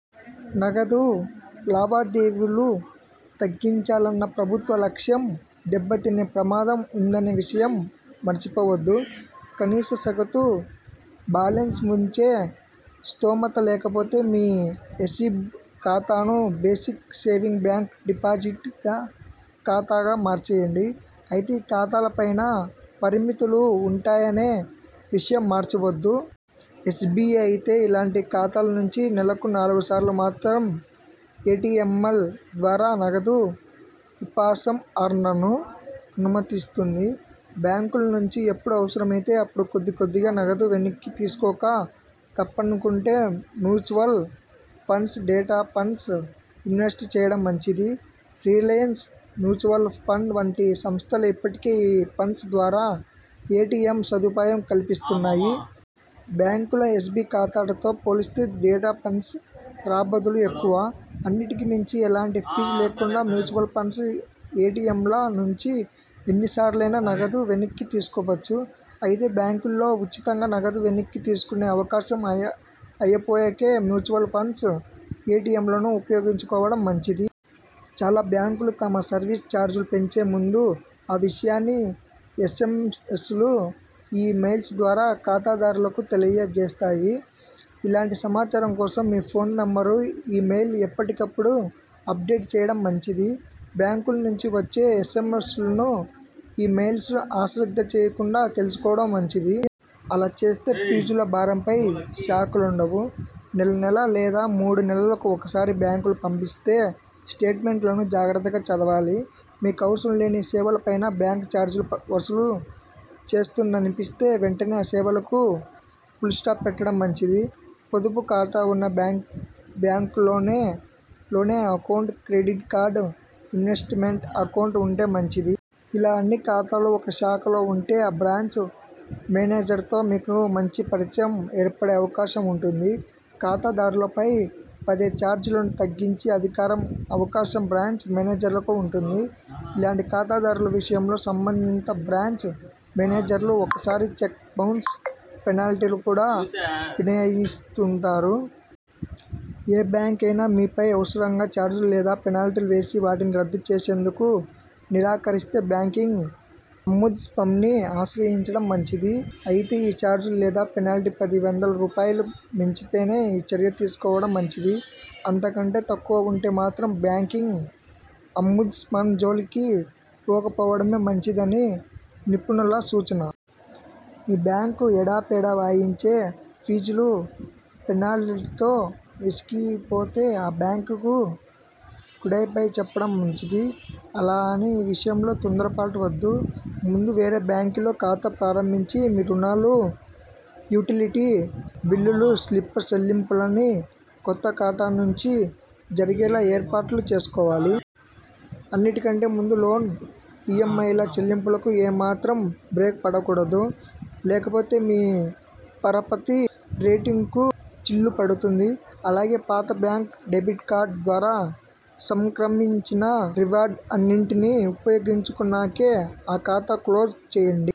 నగదు లావాదేవీలు తగ్గించాలన్న ప్రభుత్వ లక్ష్యం దెబ్బతినే ప్రమాదం ఉందనే విషయం మర్చిపోవద్దు. కనీస సగటు బాలెన్స్ ఉంచే స్థోమత లేకపోతే మీ ఎస్బి ఖాతాను బేసిక్ సేవింగ్ బ్యాంక్ డిపాజిట్ ఖాతాగా మార్చేయండి. అయితే ఈ ఖాతాల పైనా పరిమితులు ఉంటాయనే విషయం మర్చిపోవద్దు. ఎస్బిఐ అయితే ఇలాంటి ఖాతాల నుంచి నెలకు నాలుగు సార్లు మాత్రమే ఎటిఎంల ద్వారా నగదు ఉపసంహరణను అనుమతిస్తోంది. బ్యాంకుల నుంచి ఎప్పుడు అవసరమైతే అప్పుడు కొద్ది కొద్దిగా నగదు వెనక్కి తీసుకోక తప్పదనుకుంటే మ్యూచువల్ ఫండ్స్ డెట్ ఫండ్స్లో ఇన్వెస్ట్ చేయడం మంచిది. రిలయన్స్ మ్యూచువల్ ఫండ్ వంటి సంస్థలు ఇప్పటికే ఈ ఫండ్స్ ద్వారా ఎటిఎం సదుపాయం కల్పిస్తున్నాయి. బ్యాంకుల ఎస్బి ఖాతాతో పోలిస్తే డెట్ ఫండ్స్లో రాబడులు ఎక్కువ. అన్నిటికి మించి ఎలాంటి ఫీజు లేకుండా మ్యూచువల్ ఫండ్స్ ఎటిఎంల నుంచి ఎన్నిసార్లయినా నగదు వెనక్కి తీసుకోవచ్చు. అయితే బ్యాంకుల్లో ఉచితంగా నగదు వెనక్కి తీసుకునే అవకాశం అయిపోయాకే మ్యూచువల్ ఫండ్స్ ఎటిఎంలను ఉపయోగించుకోవడం మంచిది. చాలా బ్యాంకులు తమ సర్వీస్ చార్జీలు పెంచే ముందు ఆ విషయాన్ని ఎస్ఎంఎ్సలు, ఇ మొయిల్స్ ద్వారా ఖాతాదారులకు తెలియ జేస్తాయి. ఇలాంటి సమాచారం కోసం మీ ఫోన్ నంబర్, ఇ మెయిల్ ఎప్పటికపుడు అప్డేట్ చేయడం మంచిది. బ్యాంకు ల నుంచి వచ్చే ఎస్ఎంఎ్సలను, ఇ మెయిల్స్ను ఆశ్రద్ధ చేయకుండా తెలుసుకోవడం మంచిది. అలా చేస్తే ఫీజుల భారంపై షాకులుండవు. నెలనెలా లేదా మూడు నెలలకు ఒకసారి బ్యాంకులు పంపించే స్టేట్మెంట్లను జాగ్రత్తగా చదవాలి. మీకు అవసరం లేని సేవలపైనా బ్యాంక్ చార్జీలు వసూలు చేస్తోందనిపిస్తే, వెంటనే ఆ సేవలకు ఫుల్స్టాప్ పెట్టడం మంచిది. పొదుపు ఖాతా ఉన్న బ్యాంక్లోనే loan account, credit card, investment account ఉంటే మంచిది. ఇలా అన్ని ఖాతాలు ఒక శాఖలో ఉంటే ఆ బ్రాంచ్ మేనేజర్తో మీకు మంచి పరిచయం ఏర్పడే అవకాశం ఉంటుంది. ఖాతా దారులపై పడే చార్జీలను తగ్గించే అధికారం, అవకాశం బ్రాంచ్ మేనేజర్లకు ఉంటుంది. ఇలాంటి ఖాతాదారుల విషయంలో సంబంధిత బ్రాంచ్ మేనేజర్లు ఒక్కోసారి చెక్ బౌన్స్ పెనాల్టీలు కూడా మినహాయిస్తుంటారు. ఏ బ్యాంక్ అయినా మీపై అవసరంగా చార్జీలు లేదా పెనాల్టీలు వేసి, వాటిని రద్దు చేసేందుకు నిరాకరిస్తే బ్యాంకింగ్ అంబుడ్స్మన్ని ఆశ్రయించడం మంచిది. అయితే ఈ చార్జీలు లేదా పెనాల్టీ పది వందల రూపాయలు మించితేనే ఈ చర్య తీసుకోవడం మంచిది. అంత కంటే తక్కువ ఉంటే మాత్రం బ్యాంకింగ్ అంబుడ్స్మన్ జోలికి పోక పోవడమే మంచిదని నిపుణుల సూచన. మీ బ్యాంక్ ఎడాపెడా వాయించే ఫీజులు, పెనాల్టీలతో విసిగిపోతే ఆ బ్యాంక్కు గుడ్బై చెప్పడం మంచిది. అలా అని ఈ విషయంలో తొందర పాటు వద్దు. ముందు వేరే బ్యాంక్లో ఖాతా ప్రారంభించి మీ రుణాలు, యుటిలిటీ బిల్లులు, సిప్ల చెల్లింపులన్నీ కొత్త ఖాతా నుంచి జరిగేలా ఏర్పాట్లు చేసుకోవాలి. అన్నిటికంటే ముందు లోన్ ఈంఐల చెల్లింపులకు ఏ మాత్రం బ్రేక్ పడకూడదు. లేకపోతే మీ పరపతి రేటింగ్కూ చిల్లు పడుతుంది. అలాగే పాత బ్యాంక్ డెబిట్ కార్డు ద్వారా సంక్రమించిన రివార్డులన్నింటిని ఉపయోగించుకున్నాకే ఆ ఖాతా క్లోజ్ చేయండి.